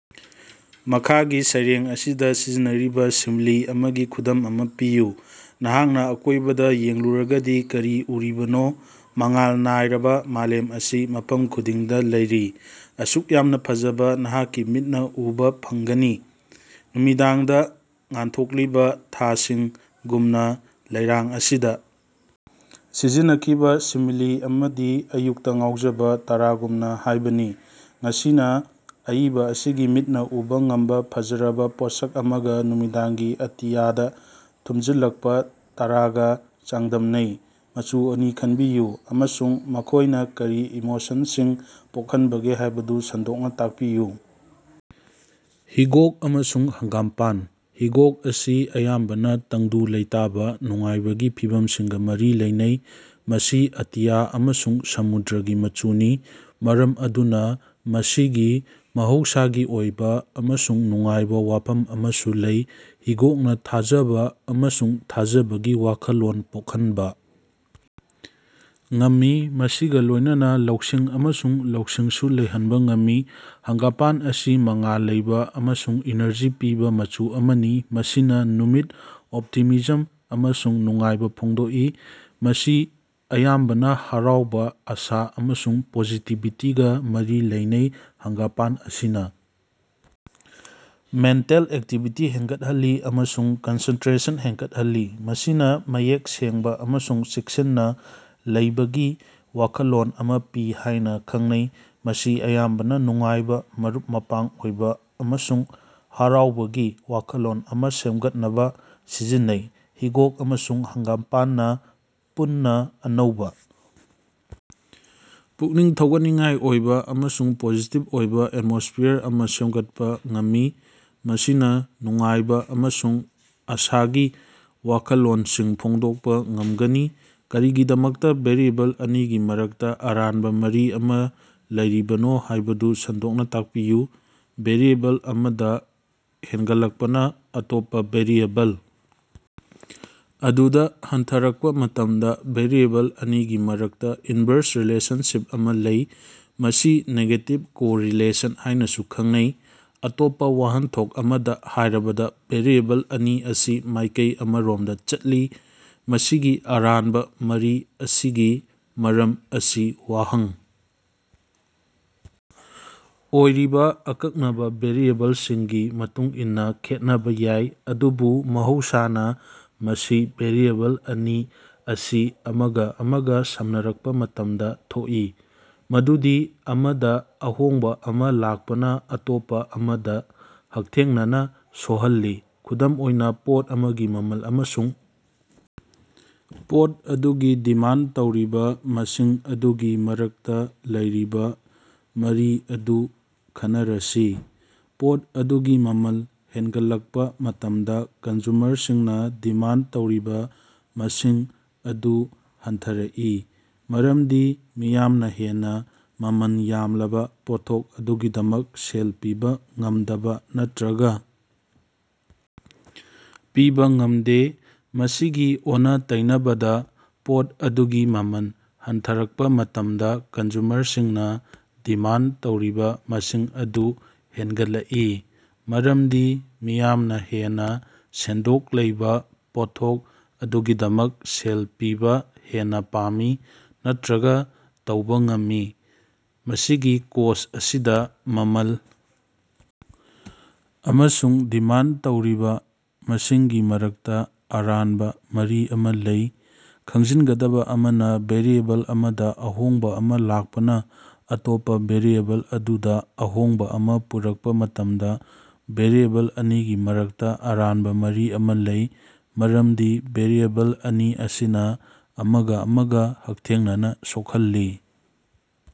ꯃꯈꯥꯒꯤ ꯁꯩꯔꯦꯡ ꯑꯁꯤꯗ ꯁꯤꯖꯤꯟꯅꯔꯤꯕ ꯁꯤꯃꯤꯂꯤ ꯑꯃꯒꯤ ꯈꯨꯗꯝ ꯑꯃ ꯄꯤꯌꯨ꯫ "ꯅꯍꯥꯛꯅ ꯑꯀꯣꯏꯕꯗ ꯌꯦꯡꯂꯨꯔꯒꯗꯤ ꯀꯔꯤ ꯎꯔꯤꯕꯅꯣ? ꯃꯉꯥꯜ ꯅꯥꯏꯔꯕ ꯃꯥꯂꯦꯝ ꯑꯁꯤ ꯃꯐꯝ ꯈꯨꯗꯤꯡꯗ ꯂꯩꯔꯤ꯫ ꯑꯁꯨꯛ ꯌꯥꯝꯅ ꯐꯖꯕ ꯅꯍꯥꯛꯀꯤ ꯃꯤꯠꯅ ꯎꯕ ꯐꯪꯒꯅꯤ ꯅꯨꯃꯤꯗꯥꯡꯗ ꯉꯥꯟꯊꯣꯛꯂꯤꯕ ꯊꯥꯁꯤꯡꯒꯨꯝꯅ"꯫ ꯁꯩꯔꯦꯡ ꯑꯁꯤꯗ ꯁꯤꯖꯤꯟꯅꯈꯤꯕ ꯁꯤꯃꯤꯂꯤ ꯑꯃꯗꯤ " ꯑꯌꯨꯛꯇ ꯉꯥꯎꯖꯕ ꯇꯔꯥꯒꯨꯝꯅ" ꯍꯥꯏꯕꯅꯤ꯫ ꯃꯁꯤꯅ ꯑꯏꯕ ꯑꯁꯤꯒꯤ ꯃꯤꯠꯅ ꯎꯕ ꯉꯝꯕ ꯐꯖꯔꯕ ꯄꯣꯠꯁꯛ ꯑꯃꯒ ꯅꯨꯃꯤꯗꯥꯡꯒꯤ ꯑꯇꯤꯌꯥꯗ ꯊꯨꯝꯖꯤꯜꯂꯛꯄ ꯇꯔꯥꯒ ꯆꯥꯡꯗꯝꯅꯩ꯫ ꯃꯆꯨ ꯑꯅꯤ ꯈꯟꯕꯤꯌꯨ ꯑꯃꯁꯨꯡ ꯃꯈꯣꯏꯅ ꯀꯔꯤ ꯏꯃꯣꯁꯟꯁꯤꯡ ꯄꯣꯛꯍꯟꯕꯒꯦ ꯍꯥꯏꯕꯗꯨ ꯁꯟꯗꯣꯛꯅ ꯇꯥꯛꯄꯤꯌꯨ꯫ ꯍꯤꯒꯣꯛ ꯑꯃꯁꯨꯡ ꯍꯪꯒꯥꯝꯄꯥꯟ꯫ ꯍꯤꯒꯣꯛ ꯑꯁꯤ ꯑꯌꯥꯝꯕꯅ ꯇꯪꯗꯨ ꯂꯩꯇꯥꯕ, ꯅꯨꯡꯉꯥꯏꯕꯒꯤ ꯐꯤꯚꯝꯁꯤꯡꯒ ꯃꯔꯤ ꯂꯩꯅꯩ꯫ ꯃꯁꯤ ꯑꯇꯤꯌꯥ ꯑꯃꯁꯨꯡ ꯁꯃꯨꯗ꯭ꯔꯒꯤ ꯃꯆꯨꯅꯤ꯫ ꯃꯔꯝ ꯑꯗꯨꯅ ꯃꯁꯤꯒꯤ ꯃꯍꯧꯁꯥꯒꯤ ꯑꯣꯏꯕ ꯑꯃꯁꯨꯡ ꯅꯨꯡꯉꯥꯏꯕ ꯋꯥꯐꯝ ꯑꯃꯁꯨ ꯂꯩ꯫ ꯍꯤꯒꯣꯛꯅ ꯊꯥꯖꯕ ꯑꯃꯁꯨꯡ ꯊꯥꯖꯕꯒꯤ ꯋꯥꯈꯜꯂꯣꯟ ꯄꯣꯛꯍꯟꯕ ꯉꯝꯃꯤ꯫ ꯃꯁꯤꯒ ꯂꯣꯏꯅꯅ ꯂꯧꯁꯤꯡ ꯑꯃꯁꯨꯡ ꯂꯧꯁꯤꯡꯁꯨ ꯂꯩꯍꯟꯕ ꯉꯝꯃꯤ꯫ ꯍꯪꯒꯥꯝꯄꯥꯟ ꯑꯁꯤ ꯃꯉꯥꯜ ꯂꯩꯕ ꯑꯃꯁꯨꯡ ꯏꯅꯔꯖꯤ ꯄꯤꯕ ꯃꯆꯨ ꯑꯃꯅꯤ꯫ ꯃꯁꯤꯅ ꯅꯨꯃꯤꯠ, ꯑꯣꯞꯇꯤꯃꯤꯖꯝ ꯑꯃꯁꯨꯡ ꯅꯨꯡꯉꯥꯏꯕ ꯐꯣꯡꯗꯣꯛꯏ꯫ ꯃꯁꯤ ꯑꯌꯥꯝꯕꯅ ꯍꯔꯥꯎꯕ, ꯑꯁꯥ ꯑꯃꯁꯨꯡ ꯄꯣꯖꯤꯇꯤꯚꯤꯇꯤꯒ ꯃꯔꯤ ꯂꯩꯅꯩ꯫ ꯍꯪꯒꯥꯝꯄꯥꯟ ꯑꯁꯤꯅ ꯃꯦꯟꯇꯜ ꯑꯦꯛꯇꯤꯚꯤꯇꯤ ꯍꯦꯟꯒꯠꯍꯜꯂꯤ ꯑꯃꯁꯨꯡ ꯀꯟꯁꯦꯟꯇ꯭ꯔꯦꯁꯟ ꯍꯦꯟꯒꯠꯍꯜꯂꯤ꯫ ꯃꯁꯤꯅ ꯃꯌꯦꯛ ꯁꯦꯡꯕ ꯑꯃꯁꯨꯡ ꯆꯦꯛꯁꯤꯟꯅ ꯂꯩꯕꯒꯤ ꯋꯥꯈꯜꯂꯣꯟ ꯑꯃ ꯄꯤ ꯍꯥꯏꯅ ꯈꯪꯅꯩ꯫ ꯃꯁꯤ ꯑꯌꯥꯝꯕꯅ ꯅꯨꯡꯉꯥꯏꯕ, ꯃꯔꯨꯞ-ꯃꯄꯥꯡ ꯑꯣꯏꯕ ꯑꯃꯁꯨꯡ ꯍꯔꯥꯎꯕꯒꯤ ꯋꯥꯈꯜꯂꯣꯟ ꯑꯃ ꯁꯦꯝꯒꯠꯅꯕ ꯁꯤꯖꯤꯟꯅꯩ꯫ ꯍꯤꯒꯣꯛ ꯑꯃꯁꯨꯡ ꯍꯪꯒꯥꯝꯄꯥꯟꯅ ꯄꯨꯟꯅ ꯑꯅꯧꯕ, ꯄꯨꯛꯅꯤꯡ ꯊꯧꯒꯠꯅꯤꯡꯉꯥꯏ ꯑꯣꯏꯕ ꯑꯃꯁꯨꯡ ꯄꯣꯖꯤꯇꯤꯚ ꯑꯣꯏꯕ ꯑꯦꯠꯃꯣꯁ꯭ꯐꯤꯌꯔ ꯑꯃ ꯁꯦꯝꯒꯠꯄ ꯉꯝꯃꯤ꯫ ꯃꯁꯤꯅ ꯅꯨꯡꯉꯥꯏꯕ ꯑꯃꯁꯨꯡ ꯑꯁꯥꯒꯤ ꯋꯥꯈꯜꯂꯣꯟꯁꯤꯡ ꯐꯣꯡꯗꯣꯛꯄ ꯉꯝꯒꯅꯤ꯫ ꯀꯔꯤꯒꯤꯗꯃꯛꯇ ꯚꯦꯔꯤꯑꯦꯕꯜ ꯑꯅꯤꯒꯤ ꯃꯔꯛꯇ ꯑꯔꯥꯟꯕ ꯃꯔꯤ ꯑꯃ ꯂꯩꯔꯤꯕꯅꯣ ꯍꯥꯏꯕꯗꯨ ꯁꯟꯗꯣꯛꯅ ꯇꯥꯛꯄꯤꯌꯨ꯫ ꯚꯦꯔꯤꯑꯦꯕꯜ ꯑꯃꯗ ꯍꯦꯟꯒꯠꯂꯛꯄꯅ ꯑꯇꯣꯞꯄ ꯚꯦꯔꯤꯑꯦꯕꯜ ꯑꯗꯨꯗ ꯍꯟꯊꯔꯛꯄ ꯃꯇꯝꯗ ꯚꯦꯔꯤꯑꯦꯕꯜ ꯑꯅꯤꯒꯤ ꯃꯔꯛꯇ ꯏꯟꯚꯔꯁ ꯔꯤꯂꯦꯁꯟꯁꯤꯞ ꯑꯃ ꯂꯩ ꯫ ꯃꯁꯤ ꯅꯦꯒꯦꯇꯤꯚ ꯀꯣꯔꯤꯂꯦꯁꯟ ꯍꯥꯏꯅꯁꯨ ꯈꯪꯅꯩ꯫ ꯑꯇꯣꯞꯄ ꯋꯥꯍꯟꯊꯣꯛ ꯑꯃꯗ ꯍꯥꯏꯔꯕꯗ, ꯚꯦꯔꯤꯑꯦꯕꯜ ꯑꯅꯤ ꯑꯁꯤ ꯃꯥꯏꯀꯩ ꯑꯃꯔꯣꯝꯗ ꯆꯠꯂꯤ꯫ ꯃꯁꯤꯒꯤ ꯑꯔꯥꯟꯕ ꯃꯔꯤ ꯑꯁꯤꯒꯤ ꯃꯔꯝ ꯑꯁꯤ ꯋꯥꯍꯪ ꯑꯣꯏꯔꯤꯕ ꯑꯀꯛꯅꯕ ꯚꯦꯔꯤꯑꯦꯕꯜꯁꯤꯡꯒꯤ ꯃꯇꯨꯡ ꯏꯟꯅ ꯈꯦꯠꯅꯕ ꯌꯥꯏ, ꯑꯗꯨꯕꯨ ꯃꯍꯧꯁꯥꯅ ꯃꯁꯤ ꯚꯦꯔꯤꯑꯦꯕꯜ ꯑꯅꯤ ꯑꯁꯤ ꯑꯃꯒ ꯑꯃꯒ ꯁꯝꯅꯔꯛꯄ ꯃꯇꯝꯗ ꯊꯣꯛꯏ꯫ ꯃꯗꯨꯗꯤ ꯑꯃꯗ ꯑꯍꯣꯡꯕ ꯑꯃ ꯂꯥꯛꯄꯅ ꯑꯇꯣꯞꯄ ꯑꯃꯗ ꯍꯛꯊꯦꯡꯅꯅ ꯁꯣꯍꯜꯂꯤ꯫ ꯈꯨꯗꯝ ꯑꯣꯏꯅ, ꯄꯣꯠ ꯑꯃꯒꯤ ꯃꯃꯜ ꯑꯃꯁꯨꯡ ꯄꯣꯠ ꯑꯗꯨꯒꯤ ꯗꯤꯃꯥꯟꯗ ꯇꯧꯔꯤꯕ ꯃꯁꯤꯡ ꯑꯗꯨꯒꯤ ꯃꯔꯛꯇ ꯂꯩꯔꯤꯕ ꯃꯔꯤ ꯑꯗꯨ ꯈꯟꯅꯔꯁꯤ꯫ ꯄꯣꯠ ꯑꯗꯨꯒꯤ ꯃꯃꯜ ꯍꯦꯟꯒꯠꯂꯛꯄ ꯃꯇꯝꯗ ꯀꯟꯖ꯭ꯌꯨꯃꯔꯁꯤꯡꯅ ꯗꯤꯃꯥꯟꯗ ꯇꯧꯔꯤꯕ ꯃꯁꯤꯡ ꯑꯗꯨ ꯍꯟꯊꯔꯛꯏ꯫ ꯃꯔꯝꯗꯤ ꯃꯤꯌꯥꯝꯅ ꯍꯦꯟꯅ ꯃꯃꯜ ꯌꯥꯝꯂꯕ ꯄꯣꯠꯊꯣꯛ ꯑꯗꯨꯒꯤꯗꯃꯛ ꯁꯦꯜ ꯄꯤꯕ ꯉꯝꯗꯕ ꯅꯠꯇ꯭ꯔꯒ ꯄꯤꯕ ꯉꯝꯗꯦ꯫ ꯃꯁꯤꯒꯤ ꯑꯣꯟꯅ-ꯇꯩꯅꯕꯗ ꯄꯣꯠ ꯑꯗꯨꯒꯤ ꯃꯃꯜ ꯍꯟꯊꯔꯛꯄ ꯃꯇꯝꯗ ꯀꯟꯖ꯭ꯌꯨꯃꯔꯁꯤꯡꯅ ꯗꯤꯃꯥꯟꯗ ꯇꯧꯔꯤꯕ ꯃꯁꯤꯡ ꯑꯗꯨ ꯍꯦꯟꯒꯠꯂꯛꯏ, ꯃꯔꯝꯗꯤ ꯃꯤꯌꯥꯝꯅ ꯍꯦꯟꯅ ꯁꯦꯟꯗꯣꯡ ꯂꯩꯕ ꯄꯣꯠꯊꯣꯛ ꯑꯗꯨꯒꯤꯗꯃꯛ ꯁꯦꯜ ꯄꯤꯕ ꯍꯦꯟꯅ ꯄꯥꯝꯃꯤ ꯅꯠꯇ꯭ꯔꯒ ꯇꯧꯕ ꯉꯝꯃꯤ꯫ ꯃꯁꯤꯒꯤ ꯀꯦꯁ ꯑꯁꯤꯗ ꯃꯃꯜ ꯑꯃꯁꯨꯡ ꯗꯤꯃꯥꯟꯗ ꯇꯧꯔꯤꯕ ꯃꯁꯤꯡꯒꯤ ꯃꯔꯛꯇ ꯑꯔꯥꯟꯕ ꯃꯔꯤ ꯑꯃ ꯂꯩ꯫ ꯈꯪꯖꯤꯟꯒꯗꯕ ꯑꯃꯅ, ꯚꯦꯔꯤꯑꯦꯕꯜ ꯑꯃꯗ ꯑꯍꯣꯡꯕ ꯑꯃ ꯂꯥꯛꯄꯅ ꯑꯇꯣꯞꯄ ꯚꯦꯔꯤꯑꯦꯕꯜ ꯑꯗꯨꯗ ꯑꯍꯣꯡꯕ ꯑꯃ ꯄꯨꯔꯛꯄ ꯃꯇꯝꯗ ꯚꯦꯔꯤꯑꯦꯕꯜ ꯑꯅꯤꯒꯤ ꯃꯔꯛꯇ ꯑꯔꯥꯟꯕ ꯃꯔꯤ ꯑꯃ ꯂꯩ꯫ ꯃꯔꯝꯗꯤ ꯚꯦꯔꯤꯑꯦꯕꯜ ꯑꯅꯤ ꯑꯁꯤꯅ ꯑꯃꯒ ꯑꯃꯒ ꯍꯛꯊꯦꯡꯅꯅ ꯁꯣꯛꯍꯜꯂꯤ꯫